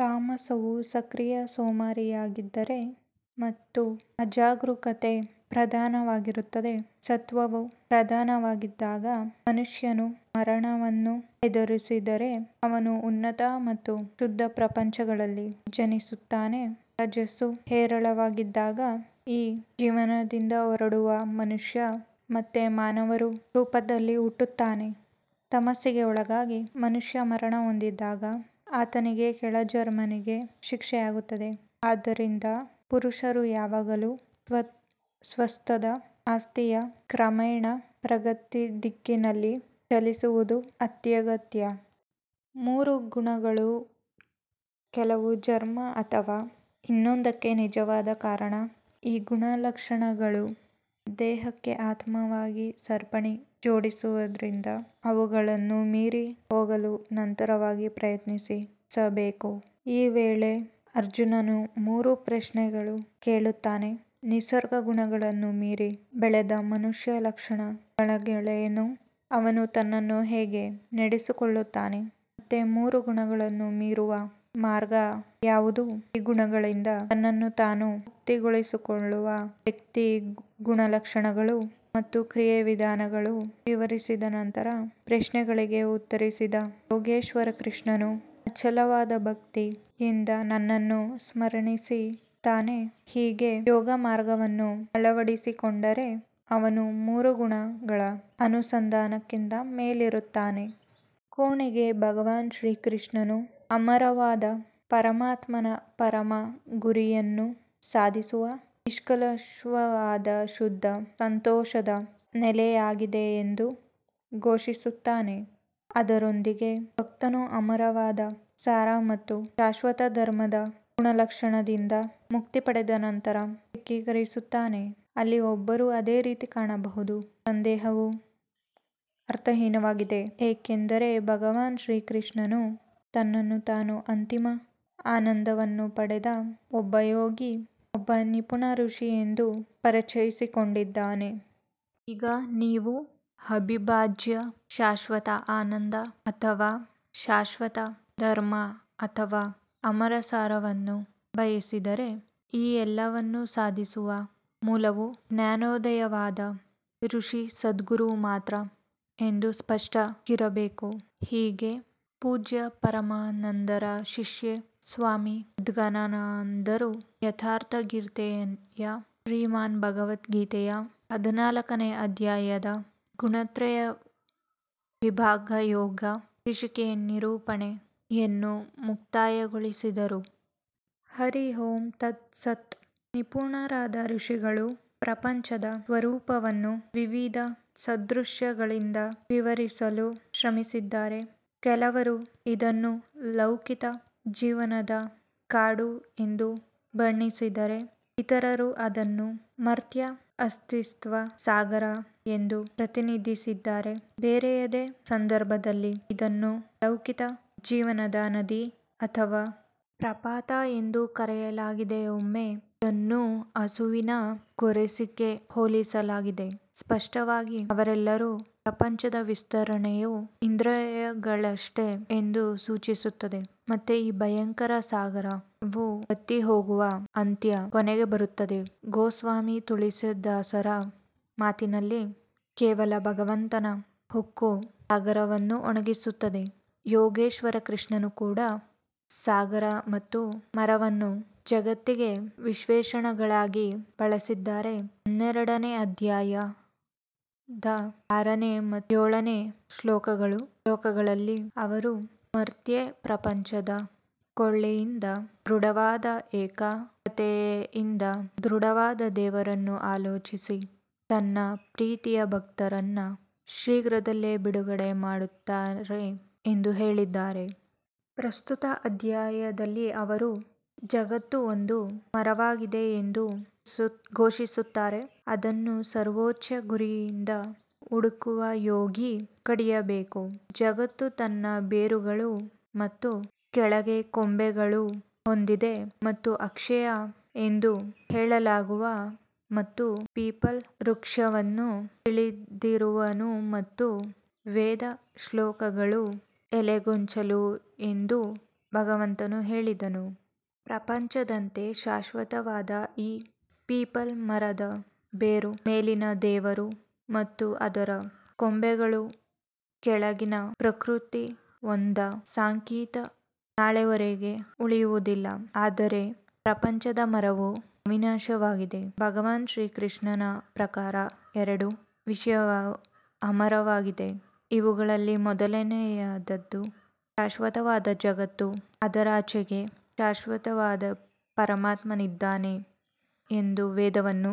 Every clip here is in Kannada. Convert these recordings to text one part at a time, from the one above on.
ತಾಮಸವು ಸಕ್ರಿಯ ಸೋಮಾರಿಯಾಗಿದ್ದರೆ ಮತ್ತು ಅಜಾಗರೂಕತೆ ಪ್ರಧಾನವಾಗಿರುತ್ತದೆ ಸತ್ವವು ಪ್ರಧಾನವಾಗಿದ್ದಾಗ ಮನುಷ್ಯನು ಮರಣವನ್ನು ಎದುರಿಸಿದರೆ ಅವನು ಉನ್ನತ ಮತ್ತು ಶುದ್ಧ ಪ್ರಪಂಚಗಳಲ್ಲಿ ಜನಿಸುತ್ತಾನೆ ರಜಸ್ಸು ಹೇರಳವಾಗಿದ್ದಾಗ ಈ ಜೀವನದಿಂದ ಹೊರಡುವ ಮನುಷ್ಯ ಮತ್ತೆ ಮಾನವ ರೂಪದಲ್ಲಿ ಹುಟ್ಟುತ್ತಾನೆ. ತಮಸ್ಸಿಗೆ ಒಳಗಾಗಿ ಮನುಷ್ಯ ಮರಣಹೊಂದಿದಾಗ ಆತನಿಗೆ ಕೆಳ ಜನ್ಮಗಳಿಗೆ ಶಿಕ್ಷೆಯಾಗುತ್ತದೆ ಆದ್ದರಿಂದ ಪುರುಷರು ಯಾವಾಗಲೂ ಸತ್ತ್ವದ ಆಸ್ತಿಯ ಕ್ರಮೇಣ ಪ್ರಗತಿಯ ದಿಕ್ಕಿನಲ್ಲಿ ಚಲಿಸುವುದು ಅತ್ಯಗತ್ಯ. ಮೂರು ಗುಣಗಳು ಕೆಲವು ಜನ್ಮ ಅಥವಾ ಇನ್ನೊಂದಕ್ಕೆ ನಿಜವಾದ ಕಾರಣ ಈ ಗುಣಲಕ್ಷಣಗಳು ದೇಹಕ್ಕೆ ಆತ್ಮವನ್ನು ಸರಪಳಿಯಾಗಿ ಜೋಡಿಸುವುದರಿಂದ ಅವುಗಳನ್ನು ಮೀರಿ ಹೋಗಲು ನಿರಂತರವಾಗಿ ಪ್ರಯತ್ನಿಸಬೇಕು ಈ ವೇಳೆ ಅರ್ಜುನನು ಮೂರು ಪ್ರಶ್ನೆಗಳನ್ನು ಕೇಳುತ್ತಾನೆ ನಿಸರ್ಗದ ಗುಣಗಳನ್ನು ಮೀರಿ ಬೆಳೆದ ಮನುಷ್ಯನ ಲಕ್ಷಣಗಳೇನು ಅವನು ತನ್ನನ್ನು ಹೇಗೆ ನಡೆಸಿಕೊಳ್ಳುತ್ತಾನೆ ಮತ್ತು ಮೂರು ಗುಣಗಳನ್ನು ಮೀರುವ ಮಾರ್ಗ ಯಾವುದು ಈ ಗುಣಗಳಿಂದ ತನ್ನನ್ನು ತಾನು ಮುಕ್ತಗೊಳಿಸಿಕೊಂಡ ವ್ಯಕ್ತಿಯ ಗುಣಲಕ್ಷಣಗಳು ಮತ್ತು ಕ್ರಿಯೆಯ ವಿಧಾನವನ್ನು ವಿವರಿಸಿದ ನಂತರ ಪ್ರಶ್ನೆಗಳಿಗೆ ಉತ್ತರಿಸಿದ ಯೋಗೇಶ್ವರ ಕೃಷ್ಣನು ಅಚಲವಾದ ಭಕ್ತಿಯಿಂದ ನನ್ನನ್ನು ಸ್ಮರಿಸುತ್ತಾನೆ ಹೀಗೆ ಯೋಗಮಾರ್ಗವನ್ನು ಅಳವಡಿಸಿಕೊಂಡರೆ ಅವನು ಮೂರು ಗುಣಗಳ ಅನುಸಂಧಾನಕ್ಕಿಂತ ಮೇಲೇರುತ್ತಾನೆ. ಕೊನೆಗೆ ಭಗವಾನ್ ಶ್ರೀಕೃಷ್ಣನು ಅಮರವಾದ ಪರಮಾತ್ಮನ ಪರಮ ಗುರಿಯನ್ನು ಸಾಧಿಸುವ ನಿಷ್ಕಳಂಕವಾದ ಶುದ್ಧ ಸಂತೋಷದ ನೆಲೆಯಾಗಿದೆ ಎಂದು ಘೋಷಿಸುತ್ತಾನೆ ಅದರೊಂದಿಗೆ ಭಕ್ತನು ಅಮರವಾದ ಸಾರ ಮತ್ತು ಶಾಶ್ವತ ಧರ್ಮದ ಗುಣಲಕ್ಷಣಗಳಿಂದ ಮುಕ್ತಿ ಪಡೆದ ನಂತರ ಏಕೀಕರಿಸುತ್ತಾನೆ. ಅಲ್ಲಿ ಒಬ್ಬರು ಅದೇ ರೀತಿ ಕಾಣಬಹುದು ಸಂದೇಹವು ಅರ್ಥಹೀನವಾಗಿದೆ ಏಕೆಂದರೆ ಭಗವಾನ್ ಕೃಷ್ಣನು ತನ್ನನ್ನು ತಾನು ಅಂತಿಮ ಆನಂದವನ್ನು ಪಡೆದ ಒಬ್ಬ ಯೋಗಿ ಒಬ್ಬ ನಿಪುಣ ಋಷಿ ಎಂದು ಪರಿಚಯಿಸಿಕೊಂಡಿದ್ದಾನೆ. ಈಗ ನೀವು ಅವಿಭಾಜ್ಯ ಶಾಶ್ವತ ಆನಂದ ಅಥವಾ ಶಾಶ್ವತ ಧರ್ಮ ಅಥವಾ ಅಮರ ಸಾರವನ್ನು ಬಯಸಿದರೆ ಈ ಎಲ್ಲವನ್ನು ಸಾಧಿಸುವ ಮೂಲವು ಜ್ಞಾನೋದಯವಾದ ಋಷಿ ಸದ್ಗುರು ಮಾತ್ರ ಎಂಬುದು ಸ್ಪಷ್ಟವಾಗಿರಬೇಕು. ಹೀಗೆ ಪೂಜ್ಯ ಪರಮಾನಂದರ ಶಿಷ್ಯ ಸ್ವಾಮಿ ಅದ್ಗಡಾನಂದರು ಯಥಾರ್ಥಗೀತೆಯಲ್ಲಿನ ಶ್ರೀಮದ್ಭಗವದ್ಗೀತೆಯ ಹದಿನಾಲ್ಕನೆಯ ಅಧ್ಯಾಯದ ಗುಣತ್ರಯ ವಿಭಾಗ ಯೋಗ ಎಂಬ ಶೀರ್ಷಿಕೆಯ ನಿರೂಪಣೆಯನ್ನು ಮುಕ್ತಾಯಗೊಳಿಸಿದರು. ಹರಿ ಓಂ ತತ್ ಸತ್. ನಿಪುಣರಾದ ಋಷಿಗಳು ಪ್ರಪಂಚದ ಸ್ವರೂಪವನ್ನು ವಿವಿಧ ಸಾದೃಶ್ಯಗಳಿಂದ ವಿವರಿಸಲು ಶ್ರಮಿಸಿದ್ದಾರೆ ಕೆಲವರು ಇದನ್ನು ಲೌಕಿಕ ಜೀವನದ ಕಾಡು ಎಂದು ಬಣ್ಣಿಸಿದರೆ ಇತರರು ಅದನ್ನು ಮರ್ತ್ಯ ಅಸ್ತಿತ್ವದ ಸಾಗರ ಎಂದು ಪ್ರತಿನಿಧಿಸಿದ್ದಾರೆ ಬೇರೆಯದೇ ಸಂದರ್ಭದಲ್ಲಿ ಇದನ್ನು ಲೌಕಿಕ ಜೀವನದ ನದಿ ಅಥವಾ ಪ್ರಪಾತ ಎಂದು ಕರೆಯಲಾಗಿದೆ ಕೆಲವೊಮ್ಮೆ ಇದನ್ನು ಹಸುವಿನ ಗೊರಸಿನ ಅನಿಸಿಕೆಗೂ ಹೋಲಿಸಲಾಗಿದೆ ಸ್ಪಷ್ಟವಾಗಿ ಅವರೆಲ್ಲರೂ ಪ್ರಪಂಚದ ವಿಸ್ತರಣೆಯು ಇಂದ್ರಿಯಗಳಷ್ಟೇ ಮಾತ್ರ ಎಂದು ಸೂಚಿಸುತ್ತದೆ ಮತ್ತು ಈ ಭಯಂಕರ ಸಾಗರವೂ ಬತ್ತಿಹೋಗುವ ಹಂತವು ಕೊನೆಗೆ ಬರುತ್ತದೆ ಗೋಸ್ವಾಮಿ ತುಳಸಿದಾಸರ ಮಾತಿನಲ್ಲಿ ಕೇವಲ ಭಗವಂತನ ಒಳಹೊಕ್ಕು ಈ ಸಾಗರವನ್ನು ಒಣಗಿಸುತ್ತದೆ ಯೋಗೇಶ್ವರ ಕೃಷ್ಣ ಕೂಡ ಸಾಗರ ಮತ್ತು ಮರವನ್ನು ಜಗತ್ತಿಗೆ ವಿಶೇಷಣಗಳಾಗಿ ಬಳಸಿದ್ದಾರೆ ಹನ್ನೆರಡನೆಯ ಅಧ್ಯಾಯದ ಆರನೇ ಮತ್ತು ಏಳನೇ ಶ್ಲೋಕಗಳಲ್ಲಿ ಅವರು ಮರ್ತ್ಯ ಪ್ರಪಂಚದ ಕೊಲ್ಲಿಯಿಂದ ದೃಢವಾದ ಏಕಾಗ್ರತೆಯಿಂದ ದೃಢವಾದ ದೇವರನ್ನು ಆಲೋಚಿಸುವ ತನ್ನ ಪ್ರೀತಿಯ ಭಕ್ತರನ್ನು ಶೀಘ್ರದಲ್ಲೇ ಬಿಡುಗಡೆ ಮಾಡುತ್ತಾನೆ ಎಂದು ಹೇಳಿದ್ದಾರೆ. ಪ್ರಸ್ತುತ ಅಧ್ಯಾಯದಲ್ಲಿ ಅವರು ಜಗತ್ತು ಒಂದು ಮರವಾಗಿದೆ ಎಂದು ಘೋಷಿಸುತ್ತಾರೆ ಅದನ್ನು ಸರ್ವೋಚ್ಚ ಗುರಿಯನ್ನು ಹುಡುಕುವ ಯೋಗಿ ಕಡಿಯಬೇಕು. ಜಗತ್ತು ತನ್ನ ಬೇರುಗಳು ಮತ್ತು ಕೆಳಗೆ ಕೊಂಬೆಗಳನ್ನು ಹೊಂದಿದೆ ಮತ್ತು ಅಕ್ಷಯ ಎಂದು ಹೇಳಲಾಗುವ ಪೀಪಲ್ ವೃಕ್ಷವನ್ನು ತಿಳಿದಿರುವವನು ಮತ್ತು ವೇದ ಶ್ಲೋಕಗಳು ಎಲೆಗೊಂಚಲು ಎಂದು ಭಗವಂತನು ಹೇಳಿದನು. ಪ್ರಪಂಚದಂತೆ ಶಾಶ್ವತವಾದ ಈ ಪೀಪಲ್ ಮರದ ಬೇರು ಮೇಲಿನ ದೇವರು ಮತ್ತು ಅದರ ಕೊಂಬೆಗಳು ಕೆಳಗಿನ ಪ್ರಕೃತಿ ಒಂದು ಮರವು ಸಾಂಕೇತಿಕ ನಾಳೆಯವರೆಗೆ ಉಳಿಯುವುದಿಲ್ಲ ಆದರೆ ಪ್ರಪಂಚದ ಮರವು ಅವಿನಾಶಿಯಾಗಿದೆ ಭಗವಾನ್ ಕೃಷ್ಣನ ಪ್ರಕಾರ ಎರಡು ವಿಷಯಗಳು ಅಮರವಾಗಿವೆ ಇವುಗಳಲ್ಲಿ ಮೊದಲನೆಯದು ಶಾಶ್ವತವಾದ ಜಗತ್ತು ಮತ್ತು ಅದರಾಚೆಗೆ ಶಾಶ್ವತವಾದ ಪರಮಾತ್ಮನಿದ್ದಾನೆ ವೇದವನ್ನು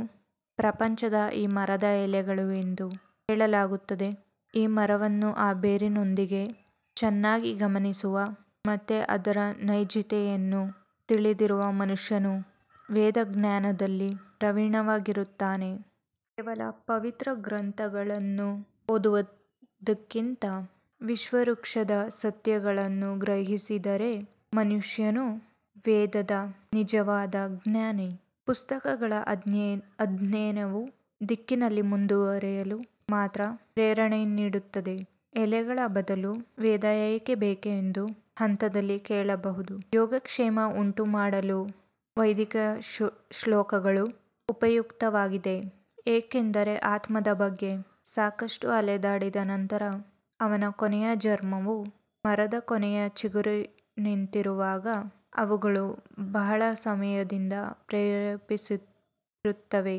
ಪ್ರಪಂಚದ ಈ ಮರದ ಎಲೆಗಳು ಎಂದು ಹೇಳಲಾಗುತ್ತದೆ ಈ ಮರವನ್ನು ಅದರ ಬೇರಿನೊಂದಿಗೆ ಚೆನ್ನಾಗಿ ಗಮನಿಸುವ ಮತ್ತು ಅದರ ನೈಜತೆಯನ್ನು ತಿಳಿದಿರುವ ಮನುಷ್ಯನು ವೇದ ಜ್ಞಾನದಲ್ಲಿ ಪ್ರವೀಣನಾಗಿರುತ್ತಾನೆ. ಕೇವಲ ಪವಿತ್ರ ಗ್ರಂಥಗಳನ್ನು ಓದುವುದಕ್ಕಿಂತ ವಿಶ್ವವೃಕ್ಷದ ಸತ್ಯವನ್ನು ಗ್ರಹಿಸಿದ ಮನುಷ್ಯನು ವೇದದ ನಿಜವಾದ ಜ್ಞಾನಿ. ಪುಸ್ತಕಗಳ ಅಧ್ಯಯನವು ಆ ದಿಕ್ಕಿನಲ್ಲಿ ಮುಂದುವರಿಯಲು ಮಾತ್ರ ಪ್ರೇರಣೆ ನೀಡುತ್ತದೆ ಎಲೆಗಳ ಬದಲು ವೇದ ಏಕೆ ಬೇಕು ಎಂದು ಈ ಹಂತದಲ್ಲಿ ಕೇಳಬಹುದು ಯೋಗಕ್ಷೇಮವನ್ನು ಉಂಟುಮಾಡುವ ವೈದಿಕ ಶ್ಲೋಕಗಳು ಉಪಯುಕ್ತವಾಗಿವೆ ಏಕೆಂದರೆ ಆತ್ಮದ ಬಗ್ಗೆ ಸಾಕಷ್ಟು ಅಲೆದಾಡಿದ ನಂತರ ಅವನ ಕೊನೆಯ ಜನ್ಮವು ಮರದ ಕೊನೆಯ ಚಿಗುರಿನಂತಿರುವಾಗ ಅವು ಬಹಳ ಸಮಯದಿಂದ ಪ್ರೇರೇಪಿಸುತ್ತವೆ.